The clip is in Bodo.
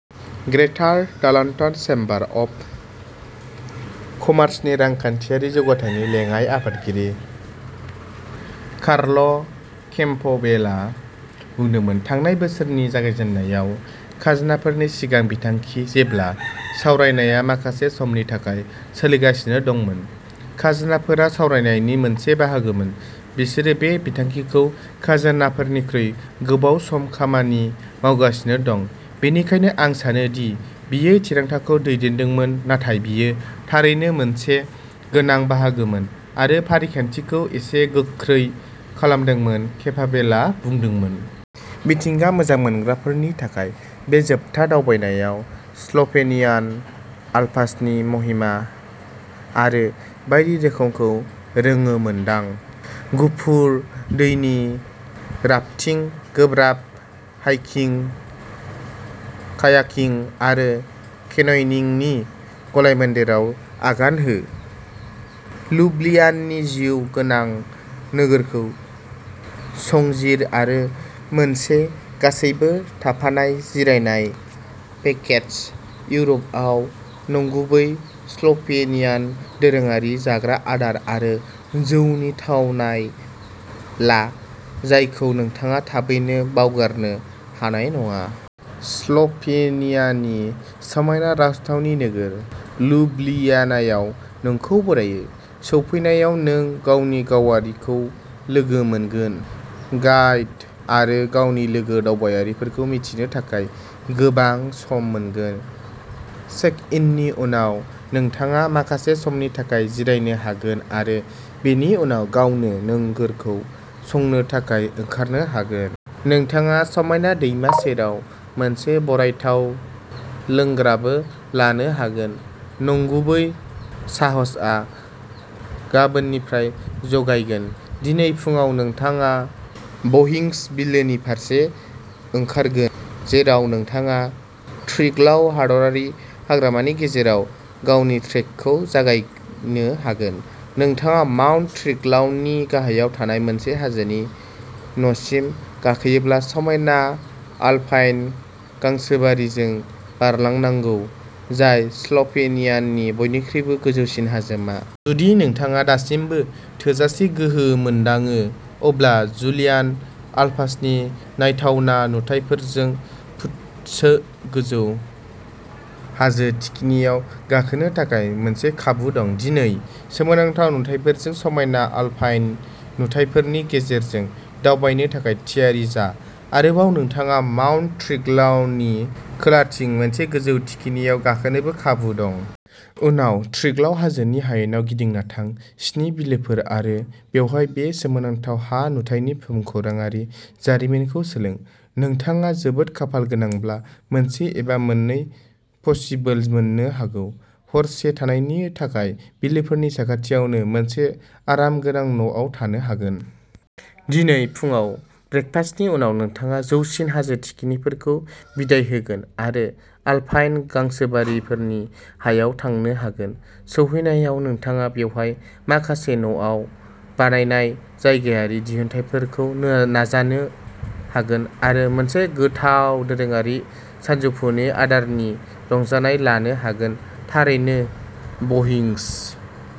ग्रेटार डाल्टन चेम्बार अफ कमार्सनि रांखान्थियारि जौगाथायनि लेङाइ आफादगिरि कार्ल केम्पबेलआ बुंदोंमोन, थांनाय बोसोरनि जागायजेननायाव, खाजोनाफोरनि सिगां बिथांखि। जेब्ला सावरायनाया माखासे समनि थाखाय सोलिगासिनो दंमोन, खाजोनाफोरा सावरायनायनि मोनसे बाहागोमोन। बिसोर बे बिथांखिखौ खाजोनाफोरनिख्रुइ गोबाव सम खामानि मावगासिनो दं बेनिखायनो आं सानो दि बेयो थिरांथाखौ दैदेनदोंमोन नाथाय बेयो थारैनो मोनसे गोनां बाहागोमोन आरो फारिखान्थिखौ एसे गोख्रै खालामदोंमोन केम्पबेलआ बुंदोंमोन। मिथिंगा मोजां मोनग्राफोरनि थाखाय बे जोबथा दावबायनायाव स्ल'भेनियान आल्प्सनि महिमा आरो बायदि रोखोमखौ रोंमोनदां। गुफुर दैनि राफ्टिं, गोब्राब हाइकिं, कायाकिं आरो केनयनिंनि गलायमोन्देरआव आगान हो। लुब्लियानानि जिउ गोनां नोगोरखौ संजिर आरो मोनसे गासैबो थाफानाय जिरायनाय पेकेज इउर'पआव नंगुबै स्ल'भेनियान दोरोङारि जाग्रा आदार आरो जौनि थावनाय ला जायखौ नोंथाङा थाबैनो बावगारनो हानाय नङा। स्ल'भेनियानि समायना राजथावनि नोगोर लुब्लियानायाव नोंखौ बरायो। सफैनायाव, नों गावनि गावारिखौ लोगो मोनगोन। गाइड आरो गावनि लोगो दावबायारिफोरखौ मिन्थिनो थाखाय गोबां सम मोनगोन। चेक-इननि उनाव, नोंथाङा माखासे समनि थाखाय जिरायनो हागोन आरो बेनि उनाव गावनो नोगोरखौ संनो थाखाय ओंखारनो हागोन। नोंथाङा समायना दैमा सेराव मोनसे बरायथाव लोंग्राबो लानो हागोन। नंगुबै साहसआ गाबोननिफ्राय जागायगोन। दिनै फुङाव, नोंथाङा ब'हिंज बिलोनि फारसे ओंखारगोन जेराव नोंथाङा ट्रिग्लाव हादरारि हाग्रामानि गेजेरजों गावनि ट्रेकखौ जागायनो हागोन। नोंथाङा माउन्ट ट्रिग्लावनि गाहायाव थानाय मोनसे हाजोनि न'सिम गाखोयोब्ला समायना आल्पाइन गांसोबारिजों बारलांनांगौ, जाय स्ल'भेनियानि बयनिख्रुइबो गोजौसिन हाजोमा। जुदि नोंथाङा दासिमबो थोजासे गोहो मोनदाङो, अब्ला जुलियान आल्प्सनि नायथावना नुथायफोरजों फुटसो गोजौ हाजो थिखिनियाव गाखोनो थाखाय मोनसे खाबु दं। दिनै, सोमोनांथाव नुथायफोरजों समायना आल्पाइन नुथायफोरनि गेजेरजों दावबायनो थाखाय थियारि जा। आरोबाव नोंथांनाव माउन्ट ट्रिग्लावनि खोलाथिं मोनसे गोजौ थिखिनियाव गाखोनो खाबु दं। उनाव, ट्रिग्लाव हाजोनि हायेनाव गिदिंना थां। स्नि बिलोफोर आरो बेवहाय बे सोमोनांथाव हा-नुथायनि भुमखौराङारि जारिमिनखौ सोलों। नोंथाङा जोबोद खाफाल गोनांब्ला मोनसे एबा मोननै फसिलबो मोननो हागौ। हरसे थानायनि थाखाय बिलोफोरनि साखाथियावनो मोनसे आरामगोनां न'आव थानो हागोन। दिनै फुङाव ब्रेकफास्टनि उनाव, नोंथाङा जौसिन हाजो थिखिनिफोरखौ बिदाय होगोन आरो आल्पाइन गांसोबारिफोरनि हायाव थांनो हागोन। सौहैनायाव, नोंथाङा बेवहाय माखासे न'आव बानायनाय जायगायारि दिहुनथायफोरखौ नाजानो हागोन आरो मोनसे गोथाव दोरोङारि सानजौफुनि आदारनि रंजानाय लानो हागोन थारैनो ब'हिंज।